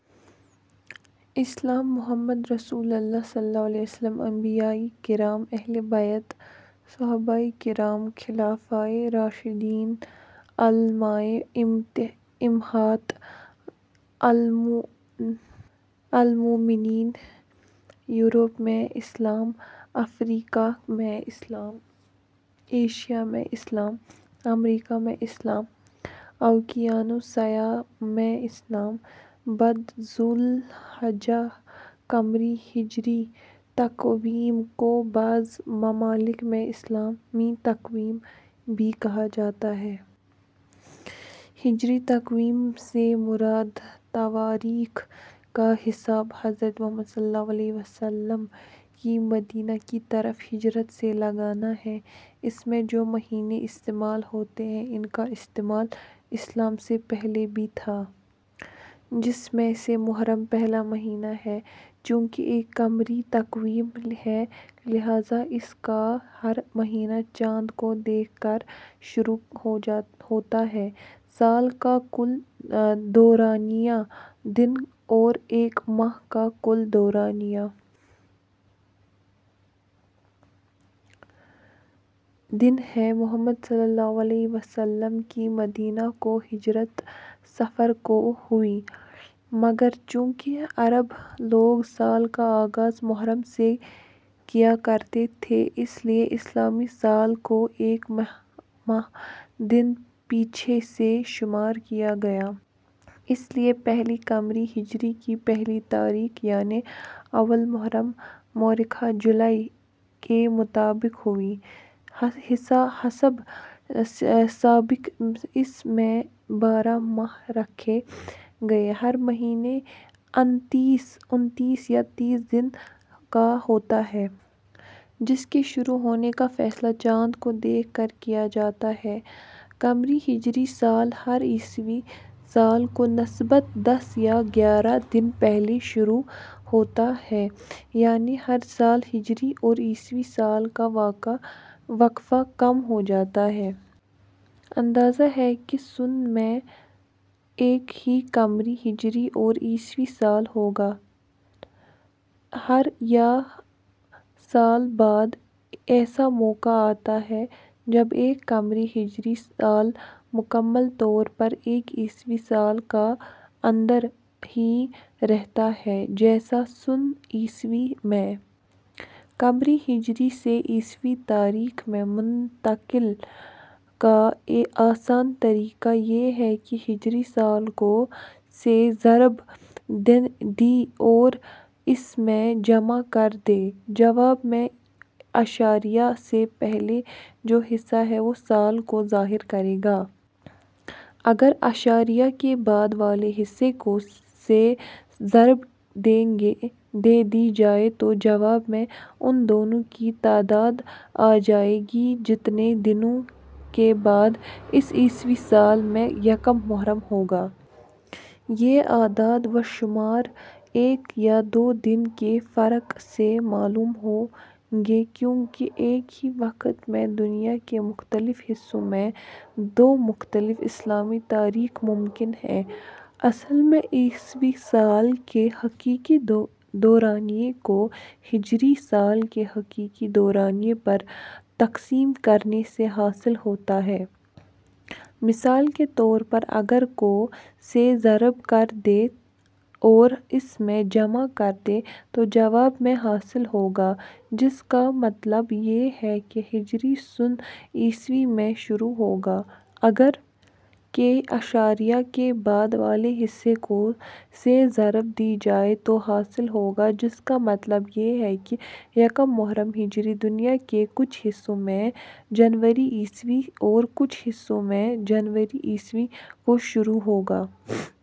بسلسلہ مضامین: اسلام محمد رسول اللہ انبیائے کرام اہل بیت صحابائے کرام خلفائے راشدین الائمہ امہات المؤمنین یورپ میں اسلام افریقا میں اسلام ایشیا میں اسلام امریکین میں اسلام اوقیانوسیا میں اسلام بدھ ذوالحجہ ھ قمری ہجری تقویم کو بعض ممالک میں اسلامی تقویم بھی کہا جاتا ہے۔ ہجری تقویم سے مراد تواریخ کا حساب حضرت محمد صلی اللہ علیہ و آلہ وسلم کی مدینہ کی طرف ہجرت سے لگانا ہے۔ اس میں جو مہینے استعمال ہوتے ہیں ان کا استعمال اسلام سے پہلے بھی تھا۔ جس میں سے محرم پہلا مہینہ ہے۔ چونکہ ایک قمری تقویم ہے لہذا اس کا ہر مہینہ چاند کو دیکھ کر شروع ہوتا ہے۔ سال کا کل دورانیہ. دن اور ایک ماہ کا کل دورانیہ. دن ہے۔ محمد صلی اللہ علیہ و آلہ وسلم کی مدینہ کو ہجرت صفر کو ہوئی۔ مگر چونکہ عرب لوگ سال کا آغاز محرم سے کیا کرتے تھے اس لیے اسلامی سال کو ایک ماہ دن پیچھے سے شمارکیا گیا۔ اس لیے پہلی قمری ہجری کی پہلی تاریخ یعنی اول محرم مؤرخہ جولائی ء کے مطابق ہوئی۔ حسب سابق اس میں بارہ ماہ رکھے گئے۔ ہر مہینہ انتیس یا تیس دن کا ہوتا ہے۔ جس کے شروع ہونے کا فیصلہ چاند کو دیکھ کر کیا جاتا ہے۔ قمری ہجری سال ہر عیسوی سال کی نسبت دس یا گیارہ دن پہلے شروع ہوتا ہے یعنی ہر سال ہجری اور عیسوی سال کا وقفہ کم ہو جاتا ہے۔ اندازہ ہے کہ سن میں ایک ہی قمری ہجری اور عیسوی سال ہوگا۔ ہر یا سال بعد ایسا موقع آتا ہے جب ایک قمری ہجری سال مکمل طور پر ایک عیسوی سال کا اندر ہی رہتا ہے جیسا سن عیسوی میں۔ قمری ہجری سے عیسوی تاریخ میں منتقلی کا ایک آسان طریقہ یہ ہے کہ ہجری سال کو. سے ضرب دیں اور اس میں. جمع کر دیں۔ جواب میں اعشاریہ سے پہلے جو حصہ ہے وہ سال کو ظاہر کرے گا۔ اگر اعشاریہ کے بعد والے حصے کو سے ضرب دے دی جائے تو جواب میں ان دنوں کی تعداد آ جائے گی جتنے دنوں کے بعد اس عیسوی سال میں یکم محرم ہوگی۔ یہ اعداد و شمار ایک یا دو دن کے فرق سے معلوم ہوں گے کیونکہ ایک ہی وقت میں دنیا کے مختلف حصوں میں دو مختلف اسلامی تاریخیں ممکن ہیں۔. اصل میں عیسوی سال کے حقیقی دورانیہ کو ہجری سال کے حقیقی دورانیہ پرتقسیم کرنے سے حاصل ہوتا ہے۔ مثال کے طور پر اگر کو. سے ضرب دیں اور اس میں. جمع کر دیں تو جواب میں. حاصل ہوگا جس کا مطلب یہ ہے کہ ہجری سن عیسوی میں شروع ہوگا۔ اگر. کے اعشاریہ کے بعد والے حصے کو سے ضرب دی جائے تو حاصل ہوگا جس کا مطلب یہ ہے کہ یکم محرم ہجری دنیا کے کچھ حصوں میں جنوری عیسوی اور کچھ حصوں میں جنوری عیسوی کو شروع ہوگا۔